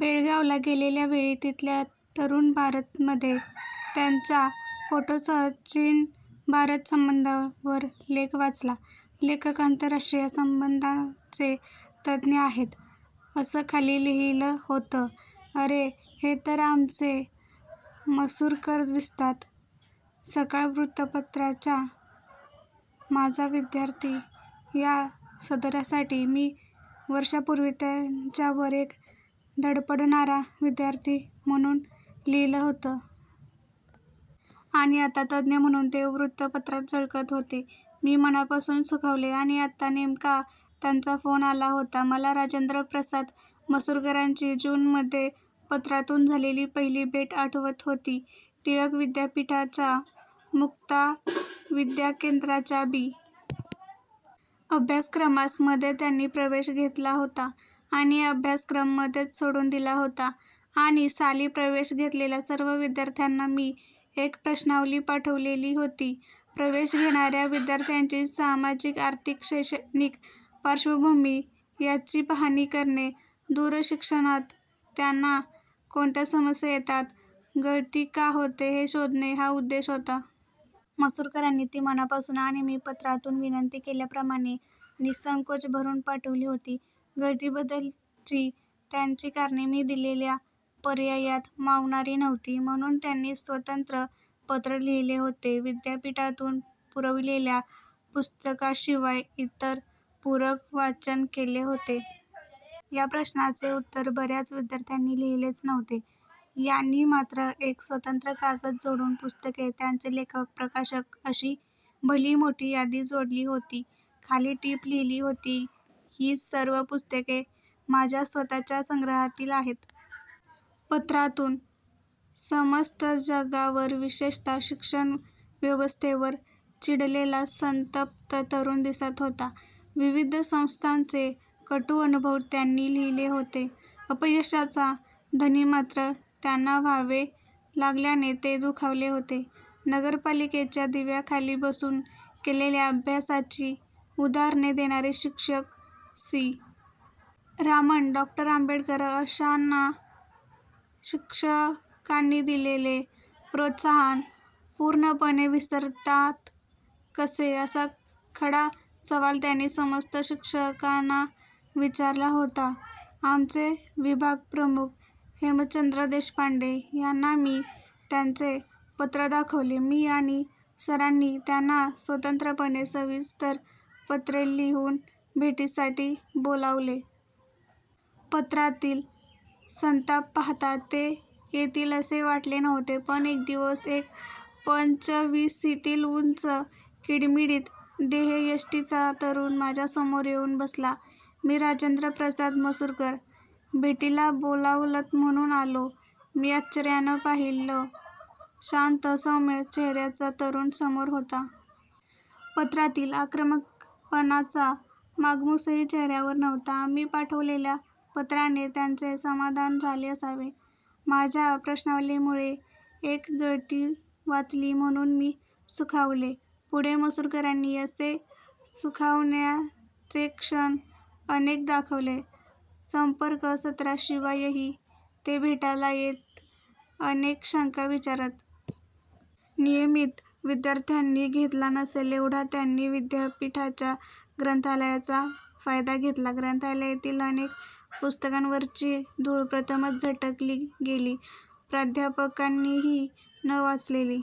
बेळगावला गेलेल्यावेळी तिथल्या तरुणभारत मध्ये त्यांचा फोटोसह चीन भारत संबंधावर लेख वाचला. लेखक आंतरराष्ट्रीय संबंधाचे तज्ञ आहेत अस खाली लिहील होत 'अरे हे तर आमचे मसुरकर दिसतात' सकाळ वृत्तपत्रांच्या माझा विद्यार्थी या सदरासाठी मी वर्षापूर्वी त्यांच्यावर एक धडपडणारा विद्यार्थी म्हणून लिहील होत. आणि आता तज्ञ म्हणून ते वृत्तपत्रात झळकत होते. मी मनापासून सुखावले. आणि आता नेमका त्यांचा फोन आला होता. मला राजेन्द्रप्रसाद मसुरकरांची जून मध्ये पत्रातून झालेली पहिली भेट आठवत होती. टिळक विद्यापीठाच्या मुक्तविद्याकेंद्राच्या बी. अभ्यासक्रमास मध्ये त्यांनी प्रवेश घेतला होता. आणि अभ्यासक्रम मध्येच सोडून दिला होता., आणि साली प्रवेश घेतलेल्या सर्व विद्यार्थ्याना मी एक प्रश्नावली पाठवलेली होती. प्रवेश घेणार्या विद्यार्थ्यांची सामाजिक आर्थिक, शैक्षणिक पार्श्वभूमी यांची पाहणी करणे, दूरशिक्षणात त्याना कोणत्या समस्या येतात, गळती का होते हे शोधणे हा उद्देश होता. मसुरकरांनी. ती मनापासून आणि मी पत्रातून विंनती केल्याप्रमाणे निसंकोच भरून पाठवली होती. गळतीबद्दलची त्यांची कारणे मी दिलेल्या पर्यायात मावणारी नव्हती. म्हणून त्यांनी स्वतंत्र पत्र लिहिले होते. विद्यापीठातून पुरविलेल्या पुस्तकाशिवाय इतर पूरक वाचन केले का? या प्रश्नाचे उत्तर बर्याच विद्यार्थ्यांनी लिहिलेच नव्हते. यानी मात्र एक स्वतंत्र कागद जोडून पुस्तके त्यांचे लेखक, प्रकाशक अशी भली मोठी यादी जोडली होती. खाली टीप लिहिली होती ही सर्व पुस्तके माझ्या स्वत:च्या संग्रहातील आहेत. पत्रातून समस्त जगावर विशेषत: शिक्षण व्यवस्थेवर चिडलेला संतप्त तरुण दिसत होता. विविध संस्थांचे कटू अनुभव त्यांनी लिहिले होते. अपयशाचा धनी मात्र त्याना व्हावे लागल्याने ते दुखावले होते. नगरपालिकेच्या दिव्याखाली बसून केलेल्या अभ्यासाची उदाहरणे देणारे शिक्षक सी. रामन, डॉक्टर आंबेडकर अशाना शिक्षकानी दिलेले प्रोत्साहन पूर्णपणे विसरतात कसे असा खडा सवाल त्यांनी समस्त शिक्षकाना विचारला होता. आमचे विभाग प्रमुख हेमचंद्र देशपांडे याना मी त्यांचे पत्र दाखवले. मी आणि सरांनी त्याना स्वतंत्रपणे सविस्तर पत्रे लिहून भेटीसाठी बोलावले. पत्रातील संताप पाहता ते येतील असे वाटले नव्हते. एक दिवस एक पंचविसीतील उंच कीडमिडीत देहयष्टीचा तरुण माझ्या समोर येऊन बसला. 'मी राजेंद्र प्रसाद मसुरकर. भेटीला बोलावलत म्हणून आलो"मी आश्चर्याने पाहिलं. शांत सौम्य चेहर्याचा तरुण समोर होता. पत्रातील आक्रमकपणाचा मागमूसही चेहर्यावर नव्हता. आम्ही पाठवलेल्या पत्राने त्यांचे समाधान झाले असावे. माझ्या प्रश्नावालीमुळे एक गळती वाचली म्हणून मी सुखावले. पुढे मसुरकरांनी असे सुखावण्याचे क्षण अनेक दाखवले. संपर्क सत्राशिवायही ते भेटायला येत अनेक शंका विचारत. नियमित विद्यार्थ्यांनी घेतला नसेल एवढा त्यांनी विद्यापीठाच्या ग्रंथालयाचा फायदा घेतला. ग्रंथालयातील अनेक पुस्तकांवरची धूळ प्रथमच झटकली गेली. प्राध्यापकानीही न वाचलेली